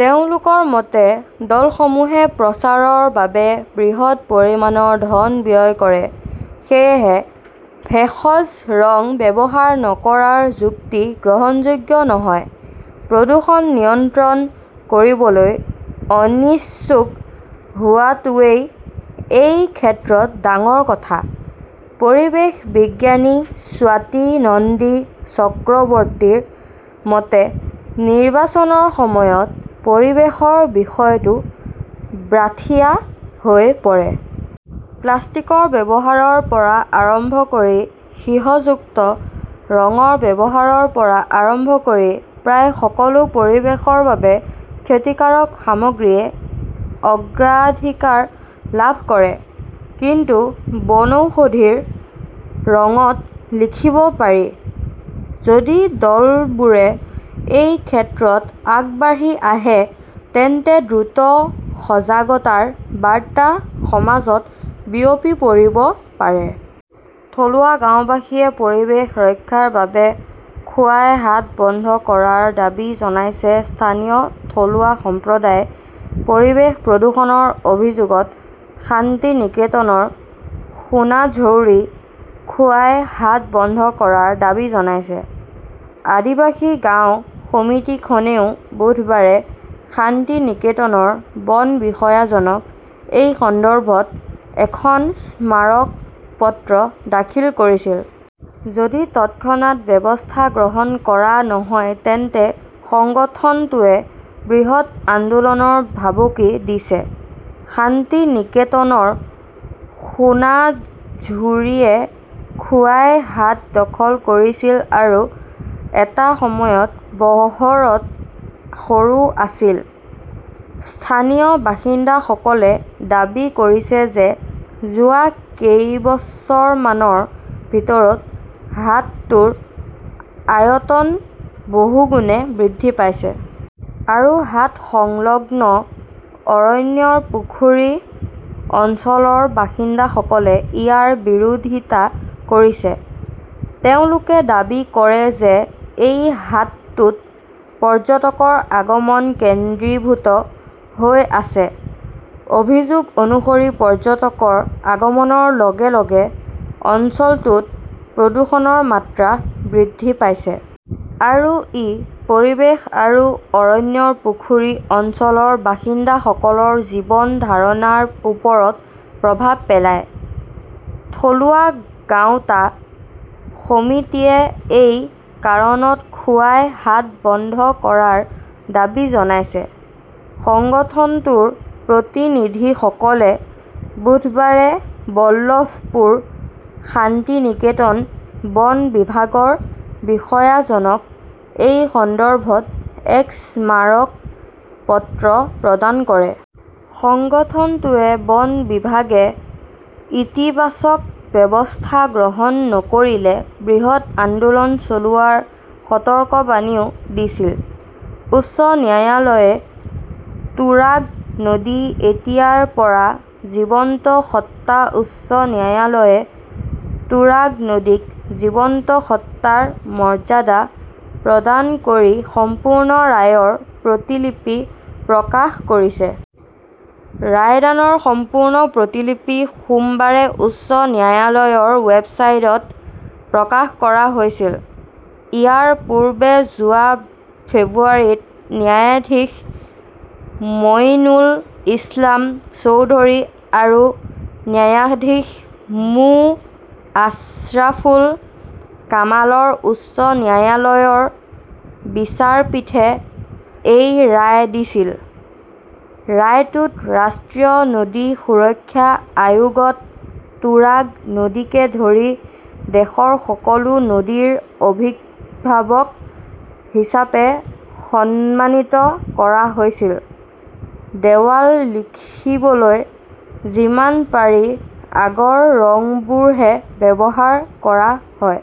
তেওঁলোকৰ মতে, দলসমূহে প্ৰচাৰৰ বাবে বৃহৎ পৰিমাণৰ ধন ব্যয় কৰে। সেয়েহে, ভেষজ ৰং ব্যৱহাৰ নকৰাৰ যুক্তি গ্ৰহণযোগ্য নহয়। প্ৰদূষণ নিয়ন্ত্ৰণ কৰিবলৈ অনিচ্ছুক হোৱাটোৱেই এই ক্ষেত্ৰত ডাঙৰ কথা। পৰিৱেশ বিজ্ঞানী স্বাতী নন্দী চক্ৰৱৰ্তীৰ মতে, নিৰ্বাচনৰ সময়ত পৰিৱেশৰ বিষয়টো ব্ৰাথিয়া হৈ পৰে। প্লাষ্টিকৰ ব্যৱহাৰৰ পৰা আৰম্ভ কৰি সীহযুক্ত ৰঙৰ ব্যৱহাৰৰ পৰা আৰম্ভ কৰি প্ৰায় সকলো পৰিৱেশৰ বাবে ক্ষতিকাৰক সামগ্ৰীয়ে অগ্ৰাধিকাৰ লাভ কৰে। কিন্তু বনৌষধিৰ ৰঙত লিখিব পাৰি। যদি দলবোৰে এই ক্ষেত্ৰত আগবাঢ়ি আহে তেন্তে দ্ৰুত সজাগতাৰ বাৰ্তা সমাজত বিয়পি পৰিব পাৰে। থলুৱা গাওঁবাসীয়ে পৰিৱেশ ৰক্ষাৰ বাবে খোৱাই হাট বন্ধ কৰাৰ দাবী জনাইছে স্থানীয় থলুৱা সম্প্ৰদায়ে পৰিৱেশ প্ৰদূষণৰ অভিযোগত শান্তিনিকেতনৰ সোনাঝৌৰী খোৱাই হাট বন্ধ কৰাৰ দাবী জনাইছে। আদিবাসী গাঁও সমিতিখনেও বুধবাৰে শান্তিনিকেতনৰ বন বিষয়াজনক এই সন্দৰ্ভত এখন স্মাৰক পত্ৰ দাখিল কৰিছিল। যদি তৎক্ষণাত ব্যৱস্থা গ্ৰহণ কৰা নহয় তেন্তে সংগঠনটোৱে বৃহৎ আন্দোলনৰ ভাবুকি দিছে। শান্তিনিকেতনৰ সোনাঝুৰীয়ে খোৱাই হাট দখল কৰিছিল আৰু এটা সময়ত বহৰত সৰু আছিল। স্থানীয় বাসিন্দাসকলে দাবী কৰিছে যে যোৱা কেইবছৰমানৰ ভিতৰত হাটটোৰ আয়তন বহুগুণে বৃদ্ধি পাইছে। আৰু হাট সংলগ্ন অৰণ্যৰ পুখুৰী অঞ্চলৰ বাসিন্দাসকলে ইয়াৰ বিৰোধিতা কৰিছে। তেওঁলোকে দাবী কৰে যে এই হাটটোত পৰ্যটকৰ আগমন কেন্দ্ৰীভূত হৈ আছে। অভিযোগ অনুসৰি পৰ্যটকৰ আগমনৰ লগে - লগে অঞ্চলটোত প্ৰদূষণৰ মাত্ৰা বৃদ্ধি পাইছে। আৰু ই পৰিৱেশ আৰু অৰণ্যৰ পুখুৰী অঞ্চলৰ বাসিন্দাসকলৰ জীৱন ধাৰণৰ ওপৰত প্ৰভাৱ পেলায়। থলুৱা গাঁওতা সমিতিয়ে এই কাৰণত খোৱাই হাট বন্ধ কৰাৰ দাবী জনাইছে। সংগঠনটোৰ প্ৰতিনিধিসকলে বুধবাৰে বল্লভপুৰ শান্তিনিকেতন বন বিভাগৰ বিষয়াজনক এই সন্দৰ্ভত এক স্মাৰক পত্ৰ প্ৰদান কৰে। সংগঠনটোৱে বন বিভাগে ইতিবাচক ব্যৱস্থা গ্ৰহণ নকৰিলে বৃহৎ আন্দোলন চলোৱাৰ সতৰ্কবাণীও দিছিল। উচ্চ ন্যায়ালয় তুৰাগ নদী এতিয়াৰ পৰা জীৱন্ত সত্তা উচ্চ ন্যায়ালয়ে তুৰাগ নদীক জীৱন্ত সত্তাৰ মৰ্যাদা প্ৰদান কৰি সম্পূৰ্ণ ৰায়ৰ প্ৰতিলিপি প্ৰকাশ কৰিছে। ৰায়দানৰ সম্পূৰ্ণ প্ৰতিলিপি সোমবাৰে উচ্চ ন্যায়ালয়ৰ ৱেবছাইটত প্ৰকাশ কৰা হৈছিল। ইয়াৰ পূৰ্বে যোৱা ফেব্ৰুৱাৰীত ন্যায়াধীশ মঈনুল ইছলাম চৌধুৰী আৰু ন্যায়াধীশ মো. আশ্ৰাফুল কামালৰ উচ্চ ন্যায়ালয়ৰ বিচাৰপীঠে এই ৰায় দিছিল। ৰায়টোত ৰাষ্ট্ৰীয় নদী সুৰক্ষা আয়োগক তুৰাগ নদীকে ধৰি দেশৰ সকলো নদীৰ অভিভাৱক হিচাপে সন্মানিত কৰা হৈছিল। দেৱাল লিখিবলৈ যিমান পাৰি আগৰ ৰংবোৰহে ব্যৱহাৰ কৰা হয়।